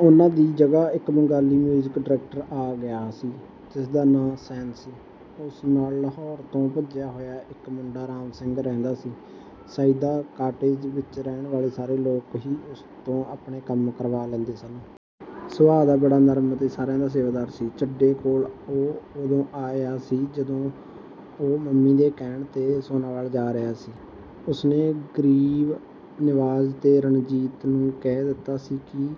ਉਹਨਾਂ ਦੀ ਜਗ੍ਹਾ ਇਕ ਬੰਗਾਲੀ ਮਿਊਜ਼ਿਕ ਡਾਇਰੈਕਟਰ ਆ ਗਿਆ ਸੀ। ਉਸਦਾ ਨਾਂਅ ਸੈਨ ਸੀ। ਉਸ ਨਾਲ ਲਾਹੌਰ ਤੋਂ ਭੱਜਿਆ ਹੋਇਆ ਇਕ ਮੁੰਡਾ ਰਾਮ ਸਿੰਘ ਰਹਿੰਦਾ ਸੀ। ਸਈਦਾ ਕਾਟੇਜ ਵਿਚ ਰਹਿਣ ਵਾਲੇ ਸਾਰੇ ਲੋਕ ਹੀ ਉਸ ਤੋਂ ਆਪਣੇ ਕੰਮ ਕਰਵਾ ਲੈਂਦੇ ਸਨ। ਸੁਭਾਅ ਦਾ ਬੜਾ ਨਰਮ ਤੇ ਸਾਰਿਆਂ ਦਾ ਸੇਵਾਦਾਰ ਸੀ। ਚੱਡੇ ਕੋਲ ਉਹ ਉਦੋਂ ਆਇਆ ਸੀ ਜਦੋਂ ਉਹ ਮੰਮੀ ਦੇ ਕਹਿਣ 'ਤੇ ਸੋਨਾਵਾਲਾ ਜਾ ਰਿਹਾ ਸੀ। ਉਸਨੇ ਗਰੀਬ ਨਿਵਾਜ਼ ਤੇ ਰਣਜੀਤ ਨੂੰ ਕਹਿ ਦਿੱਤਾ ਸੀ ਕਿ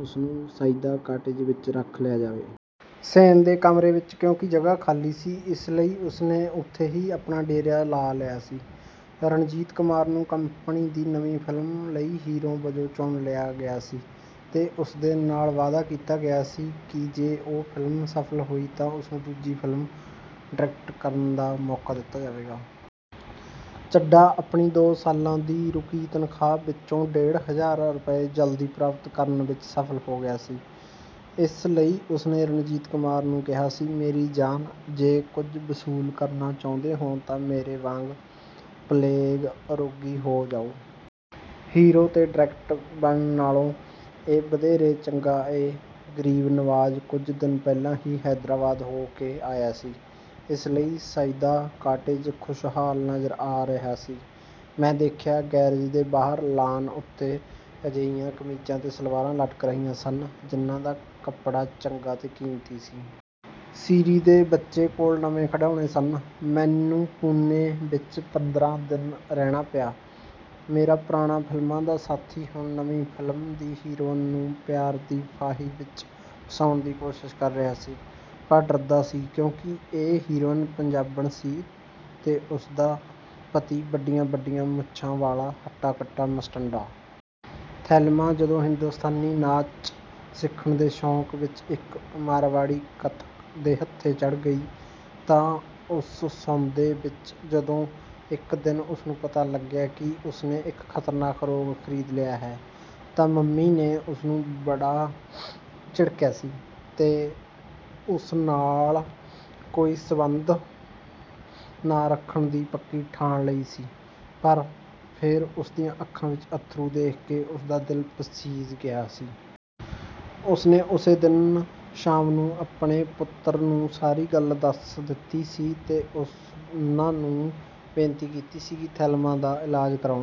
ਉਸਨੂੰ ਸਈਦਾ ਕਾਟੇਜ ਵਿਚ ਰੱਖ ਲਿਆ ਜਾਵੇ। ਸੇਨ ਦੇ ਕਮਰੇ ਵਿਚ ਕਿਉਂਕਿ ਜਗ੍ਹਾ ਖਾਲੀ ਸੀ, ਇਸ ਲਈ ਉਸਨੇ ਉੱਥੇ ਹੀ ਆਪਣਾ ਡੇਰਾ ਲਾ ਲਿਆ ਸੀ। ਰਣਜੀਤ ਕੁਮਾਰ ਨੂੰ ਕੰਪਨੀ ਦੀ ਨਵੀਂ ਫ਼ਿਲਮ ਲਈ ਹੀਰੋ ਵਜੋਂ ਚੁਣ ਲਿਆ ਗਿਆ ਸੀ ਤੇ ਉਸ ਦੇ ਨਾਲ ਵਾਅਦਾ ਕੀਤਾ ਗਿਆ ਸੀ ਕਿ ਜੇ ਫਿਲਮ ਸਫਲ ਹੋਈ ਤਾਂ ਉਸਨੂੰ ਦੂਜੀ ਫਿਲਮ ਡਾਇਰੈਕਟ ਕਰਨ ਦਾ ਮੌਕਾ ਦਿੱਤਾ ਜਾਏਗਾ। ਚੱਡਾ ਆਪਣੀ ਦੋ ਸਾਲਾਂ ਦੀ ਰੁਕੀ ਤਨਖ਼ਾਹ ਵਿਚੋਂ ਡੇਢ ਹਜ਼ਾਰ ਰੁਪਏ ਜਲਦੀ ਪ੍ਰਾਪਤ ਕਰਨ ਵਿਚ ਸਫਲ ਹੋ ਗਿਆ ਸੀ, ਇਸ ਲਈ ਉਸਨੇ ਰਣਜੀਤ ਕੁਮਾਰ ਨੂੰ ਕਿਹਾ ਸੀ, "ਮੇਰੀ ਜਾਨ, ਜੇ ਕੁਝ ਵਸੂਲ ਕਰਨਾ ਚਾਹੁੰਦੇ ਹੋ ਤਾਂ ਮੇਰੇ ਵਾਂਗ 'ਪਲੇਗ-ਰੋਗੀ' ਹੋ ਜਾਓ। ਹੀਰੋ ਤੇ ਡਾਇਰੈਕਟਰ ਬਣਨ ਨਾਲੋਂ, ਇਹ ਵਧੇਰੇ ਚੰਗਾ ਏ। " ਗਰੀਬ ਨਿਵਾਜ ਕੁਝ ਦਿਨ ਪਹਿਲਾਂ ਹੀ ਹੈਦਰਾਬਾਦ ਹੋ ਕੇ ਆਇਆ ਸੀ, ਇਸ ਲਈ ਸਈਦਾ ਕਾਟੇਜ ਖੁਸ਼ਹਾਲ ਨਜ਼ਰ ਆ ਰਿਹਾ ਸੀ। ਮੈਂ ਦੇਖਿਆ, ਗੈਰੇਜ ਦੇ ਬਾਹਰ ਲਾਅਨ ਉੱਤੇ ਅਜਿਹੀਆਂ ਕਮੀਜ਼ਾਂ ਤੇ ਸਲਵਾਰਾਂ ਲਟਕ ਰਹੀਆਂ ਸਨ, ਜਿਹਨਾਂ ਦਾ ਕੱਪੜਾ ਚੰਗਾ ਤੇ ਕੀਮਤੀ ਸੀ। ਸ਼ੀਰੀਂ ਦੇ ਬੱਚੇ ਕੋਲ ਨਵੇਂ ਖਿਡੌਣੇ ਸਨ। ਮੈਨੂੰ ਪੂਨੇ ਵਿਚ ਪੰਦਰਾਂ ਦਿਨ ਰਹਿਣਾ ਪਿਆ। ਮੇਰਾ ਪੁਰਾਣਾ ਫਿਲਮਾਂ ਦਾ ਸਾਥੀ ਹੁਣ ਨਵੀਂ ਫ਼ਿਲਮ ਦੀ ਹੀਰੋਇਨ ਨੂੰ ਪਿਆਰ ਦੀ ਫਾਹੀ ਵਿਚ ਫਸਾਉਣ ਦੀ ਕੋਸ਼ਿਸ਼ ਕਰ ਰਿਹਾ ਸੀ, ਪਰ ਡਰਦਾ ਸੀ, ਕਿਉਂਕਿ ਇਹ ਹੀਰੋਇਨ ਪੰਜਾਬਣ ਸੀ ਤੇ ਉਸਦਾ ਪਤੀ ਵੱਡੀਆਂ-ਵੱਡੀਆਂ ਮੁੱਛਾਂ ਵਾਲਾ ਹੱਟਾ-ਕੱਟਾ ਮੁਸ਼ਟੰਡਾ। ਥੈਲਿਮਾ ਜਦੋਂ ਹਿੰਦੁਸਤਾਨੀ ਨਾਚ ਸਿੱਖਣ ਦੇ ਸ਼ੌਕ ਵਿਚ ਇਕ ਮਾਰਵਾੜੀ ਕਥਕ ਦੇ ਹੱਥੇ ਚੜ੍ਹ ਗਈ, ਤੇ ਉਸ ਸੌਦੇ ਵਿਚ ਜਦੋਂ ਇਕ ਦਿਨ ਉਸਨੂੰ ਪਤਾ ਲੱਗਿਆ ਕਿ ਉਸਨੇ ਇਕ ਖਤਰਨਾਕ ਰੋਗ ਖਰੀਦ ਲਿਆ ਹੈ ਤਾਂ ਮੰਮੀ ਨੇ ਉਸਨੂੰ ਬੜਾ ਝਿੜਕਿਆ ਸੀ ਤੇ ਉਸ ਨਾਲ ਕੋਈ ਸੰਬੰਧ ਨਾ ਰੱਖਣ ਦੀ ਪੱਕੀ ਠਾਣ ਲਈ ਸੀ, ਪਰ ਫੇਰ ਉਸ ਦੀਆਂ ਅੱਖਾਂ ਵਿਚ ਅੱਥਰੂ ਦੇਖ ਕੇ ਉਸਦਾ ਦਿਲ ਪਸੀਜ ਗਿਆ ਸੀ। ਉਸਨੇ ਉਸੇ ਦਿਨ ਸ਼ਾਮ ਨੂੰ ਆਪਣੇ ਪੁੱਤਰਾਂ ਨੂੰ ਸਾਰੀ ਗੱਲ ਦੱਸ ਦਿੱਤੀ ਸੀ ਤੇ ਉਹਨਾਂ ਨੂੰ ਬੇਨਤੀ ਕੀਤੀ ਸੀ ਕਿ ਥੈਲਿਮਾ ਦਾ ਇਲਾਜ਼ ਕਰਵਾਉਣ।